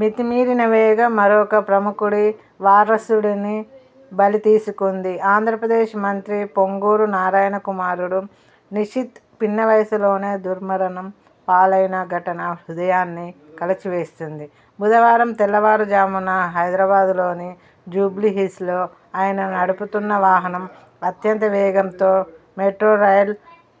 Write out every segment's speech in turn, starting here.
మితిమీరిన వేగం మరొక ప్రముఖుడి వారసుడిని బలితీసుకుంది. ఆంధ్రప్రదేశ్ మంత్రి పొంగూరు నారాయణ కుమారుడు నిషిత్ పిన్నవయసులోనే దుర్మరణం పాలైన ఘటన హృదయాన్ని కలిచివేస్తుంది. బుధవారం తెల్లవారుజామున హైదరాబాద్లోని జూబ్లీహిల్స్లో ఆయన నడుపుతున్న వాహనం అత్యంతవేగంతో మెట్రోరైల్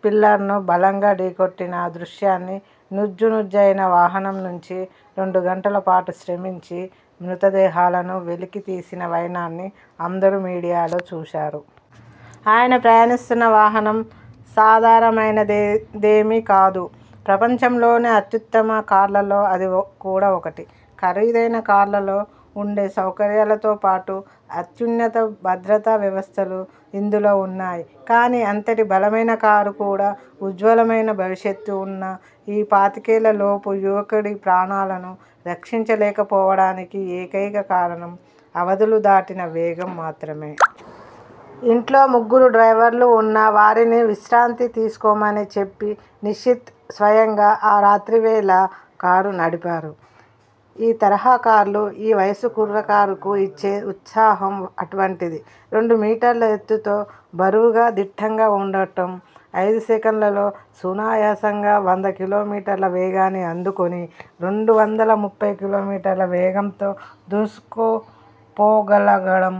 పిల్లర్ను బలంగా ఢీకొట్టిన దృశ్యాన్నీ, నుజ్జునుజ్జయిన వాహనం నుంచి రెండుగంటల పాటు శ్రమించి మృతదేహాలను వెలికితీసిన వైనాన్ని అందరూ మీడియాలో చూశారు. ఆయన ప్రయాణిస్తున్న వాహనం సాధారణమైనదె దేమీ కాదు. ప్రపంచంలోనే అత్యుత్తమ కార్లలో అది కూడా ఒకటి. ఖరీదైన కార్లలో ఉండే సౌకర్యాలతో పాటు అత్యున్నత భద్రతా వ్యవస్థలూ ఇందులో ఉన్నాయి. కానీ, అంతటి బలమైన కారు కూడా ఉజ్వలమైన భవిష్యత్తు ఉన్న ఈ పాతికేళ్ళలోపు యువకుడి ప్రాణాలను రక్షించలేకపోవడానికి ఏకైక కారణం అవధులు దాటిన వేగం మాత్రమే. ఇంట్లో ముగ్గురు డ్రైవర్లు ఉన్నా, వారిని విశ్రాంతి తీసుకోమని చెప్పి నిషిత్ స్వయంగా ఆ రాత్రివేళ కారు నడిపారు. ఈ తరహా కార్లు ఈ వయసు కుర్రకారుకు ఇచ్చే ఉత్సాహం అటువంటిది. రెండు మీటర్ల ఎత్తుతో, బరువుగా దిట్టంగా వుండటం, ఐదు సెకన్లలో సునాయాసంగా వంద కిలోమీటర్ల వేగాన్ని అందుకొని రెండువందల ముప్పై కిలోమీటర్ల వేగంతో దూసుకుపోగలగడం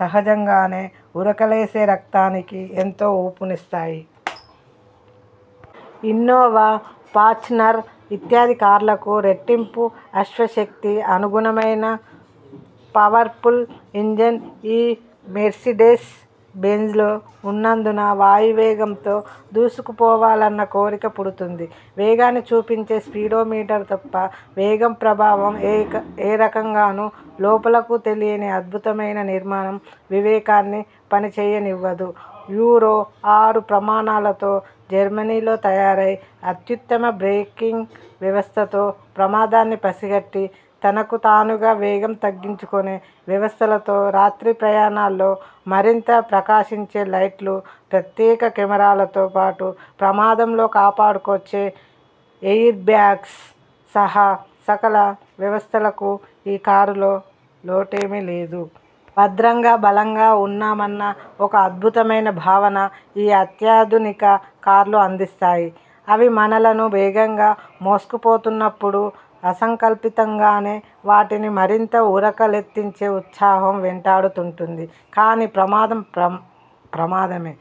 సహజంగానే ఉరకలేసే రక్తానికి ఎంతో ఊపునిస్తాయి. ఇన్నోవా, ఫార్చునర్ ఇత్యాది కార్లకు రెట్టింపు అశ్వశక్తి, అనుగుణమైన పవర్ఫుల్ ఇంజన్ ఈ మెర్సిడెస్ బెంజ్లో ఉన్నందున వాయువేగంతో దూసుకుపోవాలన్న కోరిక పుడుతుంది. వేగాన్ని చూపించే స్పీడోమీటర్ తప్ప, వేగం ప్రభావం ఏ రకంగానూ లోపలకు తెలియని అద్భుతమైన నిర్మాణం వివేకాన్ని పనిచేయనివ్వదు. యూరో–ఆరు ప్రమాణాలతో జర్మనీలో తయారై, అత్యుత్తమ బ్రేకింగ్ వ్యవస్థతో, ప్రమాదాన్ని పసిగట్టి తనకు తానుగా వేగం తగ్గించుకొనే వ్యవస్థలతో, రాత్రి ప్రయాణాల్లో మరింత ప్రకాశించే లైట్లు, ప్రత్యేక కెమెరాలతో పాటు, ప్రమాదంలో కాపాడుకొచ్చే ఎయిర్బాగ్స్ సహా సకల వ్యవస్థలకూ ఈ కారులో లోటేమీ లేదు. భద్రంగా, బలంగా ఉన్నామన్న ఒక అద్భుతమైన భావన ఈ అత్యాధునిక కార్లు అందిస్తాయి. అవి మనలను వేగంగా మోసుకుపోతున్నప్పుడు అసంకల్పింతంగానే వాటిని మరింత ఉరకలెత్తించే ఉత్సాహం వెంటాడుతూంటుంది. కానీ, ప్రమాదం ప్ర ప్రమాదమే.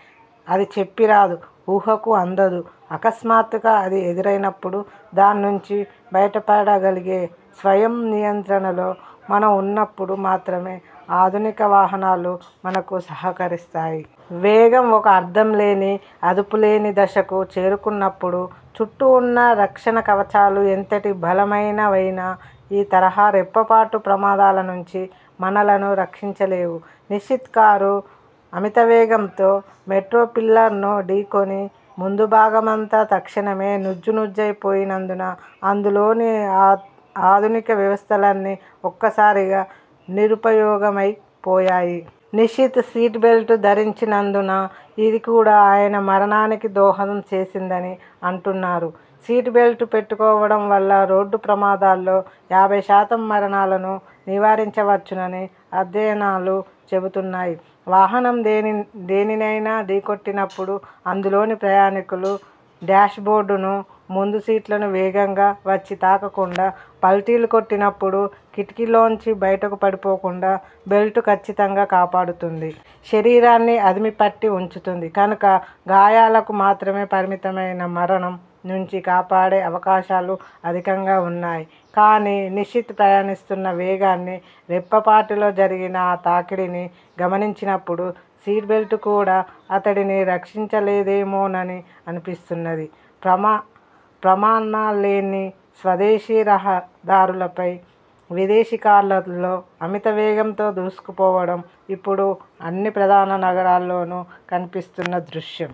అది చెప్పిరాదు, ఊహకు అందదు. అకస్మాత్తుగా అది ఎదురైనప్పుడు దానినుంచి బయటపడగలిగే స్వయం నియంత్రణలో మనం ఉన్నప్పుడు మాత్రమే ఆధునిక వాహనాలు మనకు సహకరిస్తాయి. వేగం ఒక అర్థంలేని, అదుపులేని దశకు చేరుకున్నప్పుడు, చుట్టూ ఉన్న రక్షణకవచాలు ఎంతటి బలమైనవైనా ఈ తరహా రెప్పపాటు ప్రమాదాల నుంచి మనలను రక్షించలేవు. నిషిత్ కారు అమితవేగంతో మెట్రోపిల్లర్ను ఢీకొని ముందుభాగమంతా తక్షణమే నుజ్జు నుజ్జయి పోయినందున, అందులోని ఆ ఆధునిక వ్యవస్థలన్నీ ఒక్కసారిగా నిరుపయోగమైపోయాయి. నిషిత్ సీటుబెల్టు ధరించనందున ఇది కూడా ఆయన మరణానికి దోహదం చేసిందని అంటున్నారు. సీటుబెల్టు పెట్టుకోవడం వల్ల రోడ్డు ప్రమాదాల్లో యాభైశాతం మరణాలను నివారించవచ్చునని అధ్యయనాలు చెబుతున్నాయి. వాహనం దేని దేనినైనా ఢీకొట్టినప్పుడు అందులోని ప్రయాణీకులు డ్యాష్బోర్డును, ముందుసీట్లను వేగంగా వచ్చి తాకకుండా, పల్టీలు కొట్టినప్పుడు కిటికీల్లోంచి బయటకుపడిపోకుండా బెల్టు కచ్చితంగా కాపాడుతుంది. శరీరాన్ని అదిమి పట్టి వుంచుతుంది కనుక గాయాలకు మాత్రమే పరిమితమైన మరణం నుంచి కాపాడే అవకాశాలు అధికంగా ఉన్నాయి. కానీ, నిషిత్ ప్రయాణిస్తున్న వేగాన్నీ రెప్పపాటులో జరిగిన ఆ తాకిడినీ గమనించినప్పుడు సీటుబెల్టు కూడా అతడిని రక్షించలేదేమోనని అనిపిస్తున్నది. ప్రమా ప్రమాణాల్లేని స్వదేశీ రహదారులపై విదేశీ కార్లలో అమిత వేగంతో దూసుకుపోవడం ఇప్పుడు అన్ని ప్రధాన నగరాల్లోనూ కనిపిస్తున్న దృశ్యం.